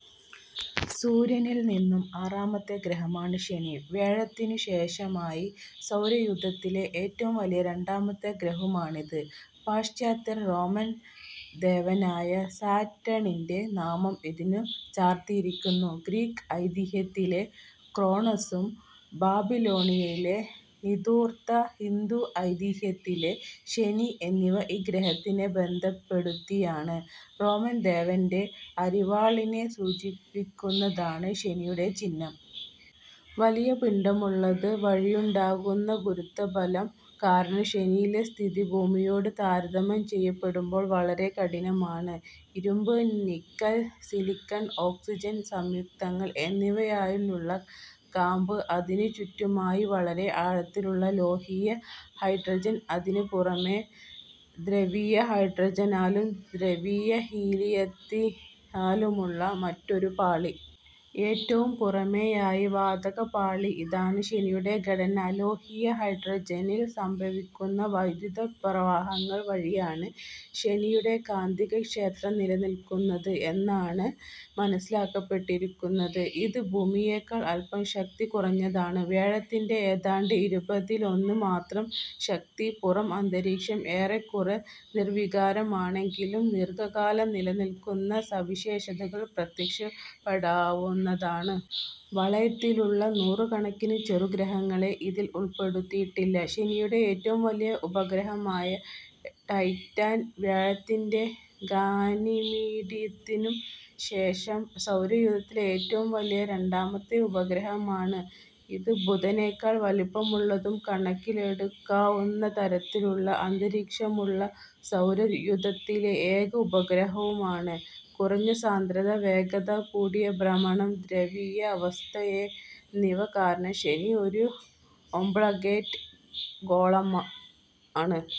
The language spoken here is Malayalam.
സൂര്യനിൽ നിന്നും ആറാമത്തെ ഗ്രഹമാണ് ശനി, വ്യാഴത്തിനു ശേഷമായി സൗരയൂഥത്തിലെ ഏറ്റവും വലിയ രണ്ടാമത്തെ ഗ്രഹവുമാണിത്. പാശ്ചാത്യർ റോമൻ ദേവനായ സാറ്റണിന്റെ നാമം ഇതിനു ചാർത്തിയിരിക്കുന്നു, ഗ്രീക്ക് ഐതിഹ്യത്തിലെ ക്രോണസും, ബാബിലോണിയയിലെ നിനൂർത, ഹിന്ദു ഐതിഹ്യത്തിലെ ശനി എന്നിവ ഈ ഗ്രഹത്തിനെ ബന്ധപ്പെടുത്തിയാണ്. റോമൻ ദേവന്റെ അരിവാളിനെ സൂചിപ്പിക്കുന്നതാണ് ശനിയുടെ ചിഹ്നം. വലിയ പിണ്ഡമുള്ളത് വഴിയുണ്ടാകുന്ന ഗുരുത്വബലം കാരണം ശനിയിലെ സ്ഥിതി ഭൂമിയോട് താരതമ്യം ചെയ്യപ്പെടുമ്പോൾ വളരെ കഠിനമാണ്. ഇരുമ്പ്, നിക്കൽ, സിലിക്കൺ, ഓക്സിജൻ സംയുക്തങ്ങൾ എന്നിവയാലുള്ള കാമ്പ്, അതിന് ചുറ്റിലുമായി വളരെ ആഴത്തിലുള്ള ലോഹീയ ഹൈഡ്രജൻ, അതിനു പുറമേ ദ്രവിയ ഹൈഡ്രജനാലും ദ്രവിയ ഹീലിയത്താലുമുള്ള മറ്റൊരു പാളി. ഏറ്റവും പുറമേയായി വാതക പാളി. ഇതാണ് ശനിയുടെ ഘടന. ലോഹീയ ഹൈഡ്രജനിൽ സംഭവിക്കുന്ന വൈദ്യുതപ്രവാഹങ്ങൾ വഴിയാണ് ശനിയുടെ കാന്തികക്ഷേത്രം നിലനിൽക്കുന്നത് എന്നാണ് മനസ്സിലാക്കപ്പെട്ടിരിക്കുന്നത്. ഇത് ഭൂമിയേക്കാൾ അല്പം ശക്തി കുറഞ്ഞതാണ്. വ്യാഴത്തിന്റെ ഏതാണ്ട് ഇരുപതിലൊന്ന് മാത്രം ശക്തി. പുറം അന്തരീക്ഷം ഏറെക്കുറെ നിർവികാരമാണെങ്കിലും ദീർഘകാലം നിലനിൽക്കുന്ന സവിശേഷതകൾ പ്രത്യക്ഷപ്പെടാവുന്നതാണ്. വളയങ്ങളിലുള്ള നൂറുകണക്കിന് "ചെറുപഗ്രഹങ്ങളെ" ഇതിൽ ഉൾപ്പെടുത്തിയിട്ടില്ല. ശനിയുടെ ഏറ്റവും വലിയ ഉപഗ്രഹമായ ടൈറ്റൻ വ്യാഴത്തിന്റെ ഗാനിമീഡിനു ശേഷം സൗരയൂഥത്തിലെ ഏറ്റവും വലിയ രണ്ടാമത്തെ ഉപഗ്രഹമാണ്, ഇത് ബുധനേക്കാൾ വലിപ്പമുള്ളതും കണക്കിലെടുക്കാവുന്ന തരത്തിലുള്ള അന്തരീക്ഷമുള്ള സൗരയൂഥത്തിലെ ഏക ഉപഗ്രഹവുമാണ്. കുറഞ്ഞ സാന്ദ്രത, വേഗത കൂടിയ ഭ്രമണം, ദ്രവീയ അവസ്ഥയെന്നിവ കാരണം ശനി ഒരു ഒാബ്ലേറ്റ് ഗോളാഭമാണ്.